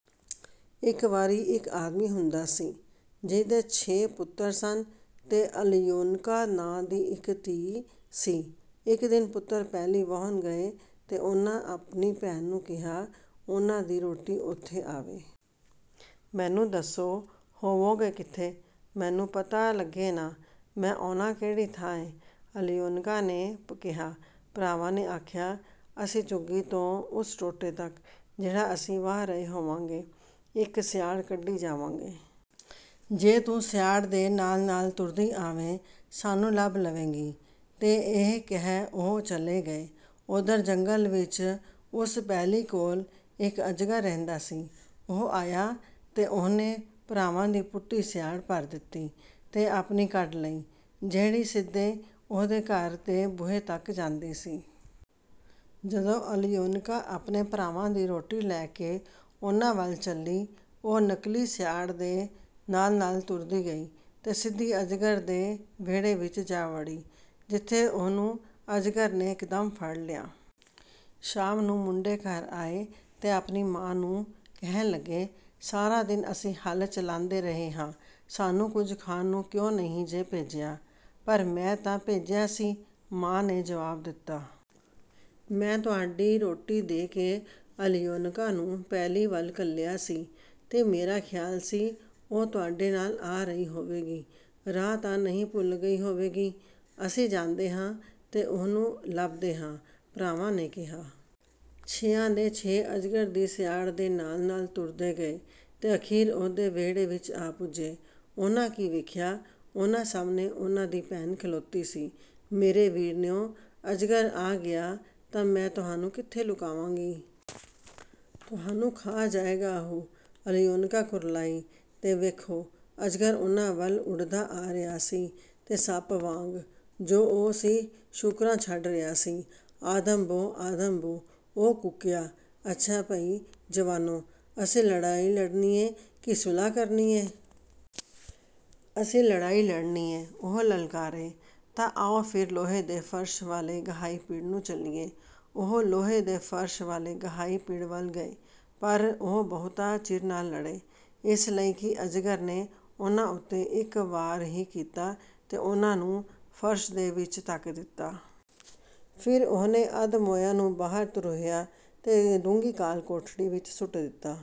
ਇੱਕ ਵਾਰੀ ਇੱਕ ਆਦਮੀ ਹੁੰਦਾ ਸੀ, ਜਿਹਦੇ ਛੇ ਪੁੱਤਰ ਸਨ ਤੇ ਅਲਯੋਨਕਾ ਨਾਂ ਦੀ ਇੱਕ ਧੀ ਸੀ। ਇੱਕ ਦਿਨ ਪੁੱਤਰ ਪੈਲੀ ਵਾਹੁਣ ਗਏ ਤੇ ਉਹਨਾਂ ਆਪਣੀ ਭੈਣ ਨੂੰ ਕਿਹਾ, ਉਹਨਾਂ ਦੀ ਰੋਟੀ ਓਥੇ ਆਵੇ। “ਮੈਨੂੰ ਦੱਸੋ, ਹੋਵੋਗੇ ਕਿੱਥੇ? ਮੈਨੂੰ ਪਤਾ ਲੱਗੇ ਨਾ, ਮੈਂ ਆਉਣਾ ਕਿਹੜੀ ਥਾਂ ਏ,” ਅਲਯੋਨਕਾ ਨੇ ਕਿਹਾ। ਭਰਾਵਾਂ ਨੇ ਆਖਿਆ, “ਅਸੀਂ ਝੁੱਗੀ ਤੋਂ ਉਸ ਟੋਟੇ ਤੱਕ, ਜਿਹੜਾ ਅਸੀਂ ਵਾਹ ਰਹੇ ਹੋਵਾਂਗੇ, ਇੱਕ ਸਿਆੜ ਕੱਢੀ ਜਾਵਾਂਗੇ। ਜੇ ਤੂੰ ਸਿਆੜ ਦੇ ਨਾਲ-ਨਾਲ ਤੁਰਦੀ ਆਵੇਂ, ਸਾਨੂੰ ਲੱਭ ਲਵੇਂਗੀ।” ਤੇ ਇਹ ਕਹਿ ਉਹ ਚਲੇ ਗਏ। ਓਧਰ ਜੰਗਲ ਵਿੱਚ ਉਸ ਪੈਲੀ ਕੋਲ, ਇੱਕ ਅਜਗਰ ਰਹਿੰਦਾ ਸੀ। ਉਹ ਆਇਆ ਤੇ ਉਹਨੇ ਭਰਾਵਾਂ ਦੀ ਪੁੱਟੀ ਸਿਆੜ ਭਰ ਦਿੱਤੀ ਤੇ ਆਪਣੀ ਕੱਢ ਲਈ, ਜਿਹੜੀ ਸਿੱਧੀ ਉਹਦੇ ਘਰ ਦੇ ਬੂਹੇ ਤੱਕ ਜਾਂਦੀ ਸੀ। ਜਦੋਂ ਅਲਯੋਨਕਾ ਆਪਣੇ ਭਰਾਵਾਂ ਦੀ ਰੋਟੀ ਲੈ ਕੇ ਉਹਨਾਂ ਵੱਲ ਚੱਲੀ, ਉਹ ਨਕਲੀ ਸਿਆੜ ਦੇ ਨਾਲ-ਨਾਲ ਤੁਰਦੀ ਗਈ ਤੇ ਸਿੱਧੀ ਅਜਗਰ ਦੇ ਵਿਹੜੇ ਵਿੱਚ ਜਾ ਵੜੀ, ਜਿੱਥੇ ਉਹਨੂੰ ਅਜਗਰ ਨੇ ਇੱਕਦਮ ਫੜ ਲਿਆ। ਸ਼ਾਮ ਨੂੰ ਮੁੰਡੇ ਘਰ ਆਏ ਤੇ ਆਪਣੀ ਮਾਂ ਨੂੰ ਕਹਿਣ ਲੱਗੇ, “ਸਾਰਾ ਦਿਨ ਅਸੀਂ ਹਲ ਚਲਾਂਦੇ ਰਹੇ ਹਾਂ। ਸਾਨੂੰ ਕੁਝ ਖਾਣ ਨੂੰ ਕਿਉਂ ਨਹੀਂ ਜੇ ਭੇਜਿਆ?” “ਪਰ ਮੈਂ ਤਾਂ ਭੇਜਿਆ ਸੀ,” ਮਾਂ ਨੇ ਜਵਾਬ ਦਿੱਤਾ। “ਮੈਂ ਤੁਹਾਡੀ ਰੋਟੀ ਦੇ ਕੇ ਅਲਯੋਨਕਾ ਨੂੰ ਪੈਲੀ ਵੱਲ ਘੱਲਿਆ ਸੀ ਤੇ ਮੇਰਾ ਖ਼ਿਆਲ ਸੀ, ਉਹ ਤੁਹਾਡੇ ਨਾਲ ਆ ਰਹੀ ਹੋਵੇਗੀ। ਰਾਹ ਤਾਂ ਨਹੀਂ ਭੁੱਲ ਗਈ ਹੋਵੇਗੀ?” “ਅਸੀਂ ਜਾਂਦੇ ਹਾਂ ਤੇ ਉਹਨੂੰ ਲੱਭਦੇ ਹਾਂ,” ਭਰਾਵਾਂ ਨੇ ਕਿਹਾ। ਛੇਆਂ ਦੇ ਛੇਏਂ ਅਜਗਰ ਦੀ ਸਿਆੜ ਦੇ ਨਾਲ-ਨਾਲ ਤੁਰਦੇ ਗਏ ਤੇ ਅਖ਼ੀਰ ਉਹਦੇ ਵਿਹੜੇ ਵਿੱਚ ਆ ਪੁੱਜੇ। ਉਹਨਾਂ ਕੀ ਵੇਖਿਆ? ਉਹਨਾਂ ਸਾਹਮਣੇ ਉਹਨਾਂ ਦੀ ਭੈਣ ਖਲੋਤੀ ਸੀ। “ਮੇਰੇ ਵੀਰਨਿਓ, ਅਜਗਰ ਆ ਗਿਆ ਤਾਂ ਮੈਂ ਤੁਹਾਨੂੰ ਕਿੱਥੇ ਲੁਕਾਵਾਂਗੀ? ਤੁਹਾਨੂੰ ਖਾ ਜਾਏਗਾ ਉਹ!” ਅਲਯੋਨਕਾ ਕੁਰਲਾਈ। ਤੇ ਵੇਖੋ! ਅਜਗਰ ਉਹਨਾਂ ਵੱਲ ਉੱਡਦਾ ਆ ਰਿਹਾ ਸੀ ਤੇ ਸੱਪ ਵਾਂਗ, ਜੋ ਉਹ ਸੀ, ਸੂਕਰਾਂ ਛੱਡ ਰਿਹਾ ਸੀ। “ਆਦਮ ਬੋ! ਆਦਮ ਬੋ!” ਉਹ ਕੂਕਿਆ। “ਅੱਛਾ ਭਈ ਜਵਾਨੋ, ਅਸੀਂ ਲੜਾਈ ਲੜਨੀ ਏ ਕਿ ਸੁਲਾਹ ਕਰਨੀ ਏ?” “ਅਸੀਂ ਲੜਾਈ ਲੜਨੀ ਏ!” ਉਹ ਲਲਕਾਰੇ। “ਤਾਂ ਆਓ ਫਿਰ ਲੋਹੇ ਦੇ ਫ਼ਰਸ਼ ਵਾਲੇ ਗਹਾਈ-ਪਿੜ ਨੂੰ ਚੱਲੀਏ।” ਉਹ ਲੋਹੇ ਦੇ ਫ਼ਰਸ਼ ਵਾਲੇ ਗਹਾਈ-ਪਿੜ ਵੱਲ ਗਏ, ਪਰ ਉਹ ਬਹੁਤਾ ਚਿਰ ਨਾ ਲੜੇ। ਇਸ ਲਈ ਕਿ ਅਜਗਰ ਨੇ ਉਹਨਾਂ ਉੱਤੇ ਇੱਕ ਵਾਰ ਹੀ ਕੀਤਾ ਤੇ ਉਹਨਾਂ ਨੂੰ ਫ਼ਰਸ਼ ਦੇ ਵਿੱਚ ਧੱਕ ਦਿੱਤਾ। ਫਿਰ ਉਹਨੇ ਅੱਧ-ਮੋਇਆਂ ਨੂੰ ਬਾਹਰ ਧਰੂਹਿਆ ਤੇ ਡੂੰਘੀ ਕਾਲ-ਕੋਠੜੀ ਵਿੱਚ ਸੁੱਟ ਦਿੱਤਾ।